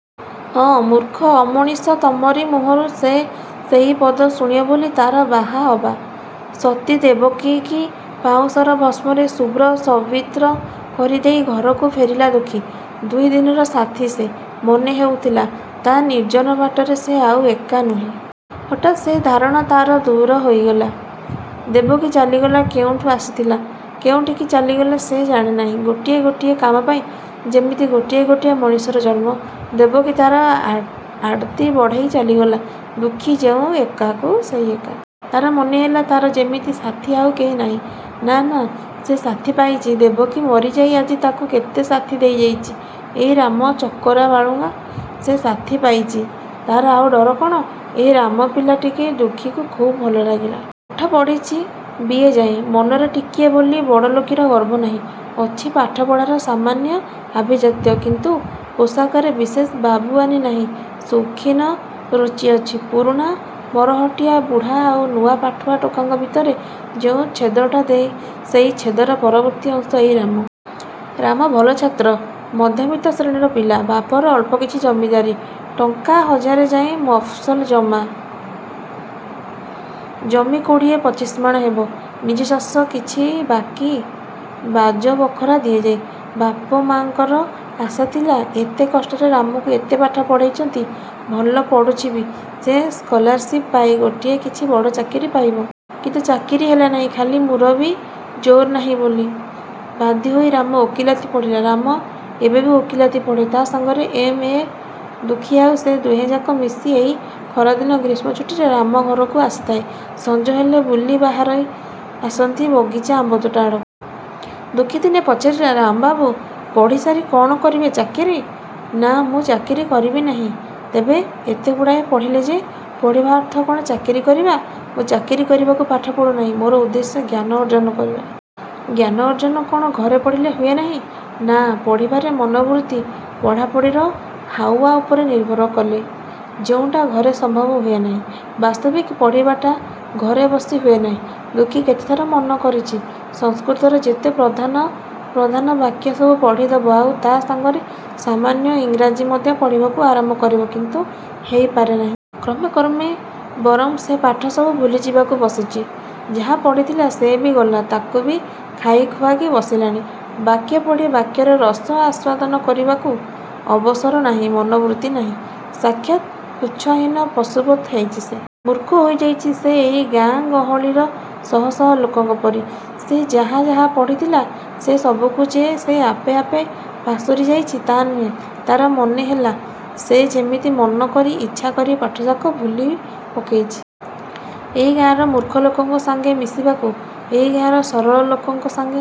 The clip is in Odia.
ହଁ, ମୂର୍ଖ ଅମଣିଷ ତମରି ମୁହଁରୁ ସେ ସେଇ ପଦ ଶୁଣିବ ବୋଲି ତା'ର ବାହା ହବା। ସତୀ ଦେବକୀକି ପାଉଁଶର ଭସ୍ମରେ ଶୁଭ୍ର ସବିତ୍ର କରି ଦେଇ ଘରକୁ ଫେରିଲା ଦୁଃଖୀ । ଦୁଇଦିନର ସାଥୀ ସେ। ମନେ ହେଉଥିଲା, ତା' ନିର୍ଜନ ବାଟରେ ସେ ଆଉ ଏକା ନୁହେଁ। ହଠାତ ସେ ଧାରଣା ତା'ର ଦୂର ହେଇଗଲା। ଦେବକୀ ଚାଲିଗଲା କେଉଁଠୁ ଆସିଥିଲା, କେଉଁଠିକି ଚାଲିଗଲା ସେ ଜାଣେ ନାହିଁ। ଗୋଟିଏ ଗୋଟିଏ କାମପାଇଁ ଯେମିତି ଗୋଟିଏ ଗୋଟିଏ ମଣିଷର ଜନ୍ମ। ଦେବକୀ ତା'ର ଆଡ଼ତି ବଢ଼େଇ ଚାଲିଗଲା। ଦୁଃଖୀ ଯେଉଁ ଏକାକୁ ସେଇ ଏକା । ତା'ର ମନେ ହେଲା, ତା'ର ଯେମିତି ସାଥୀ ଆଉ କେହି ନାହିଁ। ନା ନା ସେ ସାଥୀ ପାଇଚି। ଦେବକୀ ମରିଯାଇ ଆଜି ତାକୁ କେତେ ସାଥୀ ଦେଇଯାଇଚି ଏଇ ରାମ ଚକରା ବାଳୁଙ୍ଗା। ସେ ସାଥୀ ପାଇଚି। ତା'ର ଆଉ ଡର କ'ଣ? ଏଇ ରାମ ପିଲାଟିକି ଦୁଃଖୀକୁ ଖୁବ୍ ଭଲ ଲାଗିଲା। ପାଠ ପଢ଼ିଛି ବି. ଏ. ଯାଏଁ। ମନରେ ଟିକିଏ ବୋଲି ବଡ଼ଲୋକୀର ଗର୍ବ ନାହିଁ। ଅଛି ପାଠପଢ଼ାର ସାମାନ୍ୟ ଆଭିଜାତ୍ୟ। କିନ୍ତୁ ପୋଷାକରେ ବିଶେଷ ବାବୁଆନି ନାହିଁ ସୌଖୀନ ରୁଚିଅଛି। ପୁରୁଣା ମରହଟ୍ଟିଆ ବୁଢ଼ା ଆଉ ନୂଆ ପାଠୁଆ ଟୋକାଙ୍କ ଭିତରେ ଯେଉଁ ଛେଦଟା ସେଇ ଛେଦର ପରବର୍ତ୍ତୀ ଅଂଶ ଏଇ ରାମ। ରାମ ଭଲ ଛାତ୍ର। ମଧ୍ୟବିତ୍ତ ଶ୍ରେଣୀର ପିଲା। ବାପର ଅଳ୍ପ କିଛି ଜମିଦାରୀ। ଟଙ୍କା ହଜାରେ ଯାଏଁ ମଫସଲ ଜମା। ଜମି କୋଡ଼ିଏ ପଚିଶମାଣ ହେବ। ନିଜଚାଷ କିଛି ବାକି ବାଜ ବଖରା ଦିଆଯାଏ। ବାପ ମାଙ୍କର ଆଶାଥିଲା, ଏତେ କଷ୍ଟରେ ରାମକୁ ଏତେ ପାଠ ପଢ଼େଇଚନ୍ତି ଭଲ ପଢ଼ୁଛିବି ସେ ସ୍କଲାରଶିପ୍ ପାଏ ଗୋଟାଏ କିଛି ବଡ଼ ଚାକିରି ପାଇବ। କିନ୍ତୁ ଚାକିରି ହେଲା ନାହିଁ ଖାଲି ମୁରବି ଜୋର୍ ନାହିଁ ବୋଲି। ବାଧ୍ୟ ହୋଇ ରାମ ଓକିଲାତି ପଢ଼ିଲା। ରାମ ଏବେବି ଓକିଲାତି ପଢ଼େ। ତା' ସାଙ୍ଗରେ ଏମ୍. ଏ। ଦୁଃଖୀ ଆଉ ସେ ଦୁହେଁଯାକ ମିଶି ଏଇ ଖରାଦିନ ଗ୍ରୀଷ୍ମ ଛୁଟିରେ ରାମ ଘରକୁ ଆସିଥାଏ ସଞ୍ଜ ହେଲେ ବୁଲି ବାହାରି ଆସନ୍ତି ବଗିଚ ଆମ୍ୱତୋଟା ଆଡ଼କୁ। ଦୁଃଖୀ ଦିନେ ପଚାରିଲା ''ରାମବାବୁ, ପଢ଼ିସାରି କ'ଣ କରିବେ ଚାକିରି? '' ''ନା, ମୁଁ ଚାକିରି କରିବି ନାହିଁ। '' ''ତେବେ, ଏତେଗୁଡ଼ାଏ ପଢ଼ିଲେ ଯେ '' ''ପଢ଼ିବା ଅର୍ଥ କ'ଣ ଚାକିରି କରିବା? ମୁଁ ଚାକିରି କରିବାକୁ ପାଠ ପଢ଼ୁ ନାହିଁ। ମୋର ଉଦ୍ଦେଶ୍ୟ ଜ୍ଞାନ ଅର୍ଜନ କରିବା। '' ''ଜ୍ଞାନ ଅର୍ଜନ କ'ଣ ଘରେ ପଢ଼ିଲେ ହୁଏ ନାହିଁ? '' ''ନା ପଢ଼ିବାର ମନୋବୃତ୍ତି, ପଢ଼ାପଢ଼ିର ହାଉଆ ଉପରେ ନିର୍ଭର କଲେ–ଯେଉଁଟା ଘରେ ସମ୍ଭବ ହୁଏ ନାହିଁ। '' ବାସ୍ତବିକ ପଢ଼ିବାଟା ଘରେ ବସି ହୁଏ ନାହିଁ। ଦୁଃଖୀ କେତେଥର ମନ କରିଛି–ସଂସ୍କୃତର ଯେତେ ପ୍ରଧାନ ପ୍ରଧାନ କାବ୍ୟ ସବୁ ପଢ଼ି ଦବ ଆଉ ତା' ସାଙ୍ଗରେ ସାମାନ୍ୟ ଇଂରାଜୀ ମଧ୍ୟ ପଢ଼ିବାକୁ ଆରମ୍ଭ କରିବ କିନ୍ତୁ ହେଇ ପାରେ ନାହିଁ। କ୍ରମେ କ୍ରମେ ବରଂ ସେ ପାଠ ସବୁ ଭୁଲିଯିବାକୁ ବସିଚି। ଯାହା ପଢ଼ିଥିଲା ସେ ବି ଗଲା ତାକୁବି ଖାଇ ଖୁଆ କି ବସିଲାଣି। କାବ୍ୟ ପଢ଼ି କାବ୍ୟର ରସ ଆସ୍ୱାଦନ କରିବାକୁ ଅବସର ନାହିଁ ମନୋବୃତ୍ତି ନାହିଁ। ସାକ୍ଷାତ ପୁଚ୍ଛହୀନ ପଶୁବତ୍ ହେଇଚି ସେ। ମୂର୍ଖ ହେଇଯାଇଛି ସେ ଏଇ ଗାଁ ଗହଳିର ଶହ ଶହ ଲୋକଙ୍କ ପରି। ସେ ଯାହା ଯାହା ପଢ଼ିଥିଲା, ସେ ସବୁକୁ ଯେ ସେ ଆପେ ଆପେ ପାସୋରି ଯାଇଛି, ତା' ନୁହେଁ–ତା'ର ମନେ ହେଲା, ସେ ଯେମିତି ମନ କରି, ଇଚ୍ଛା କରି ପାଠଯାକ ଭୁଲି ପକେଇଛି। ଏଇ ଗାଁର ମୂର୍ଖ ଲୋକଙ୍କ ସାଙ୍ଗେ ମିଶିବାକୁ, ଏଇ ଗାଁର ସରଳ ଲୋକଙ୍କ ସାଙ୍ଗେ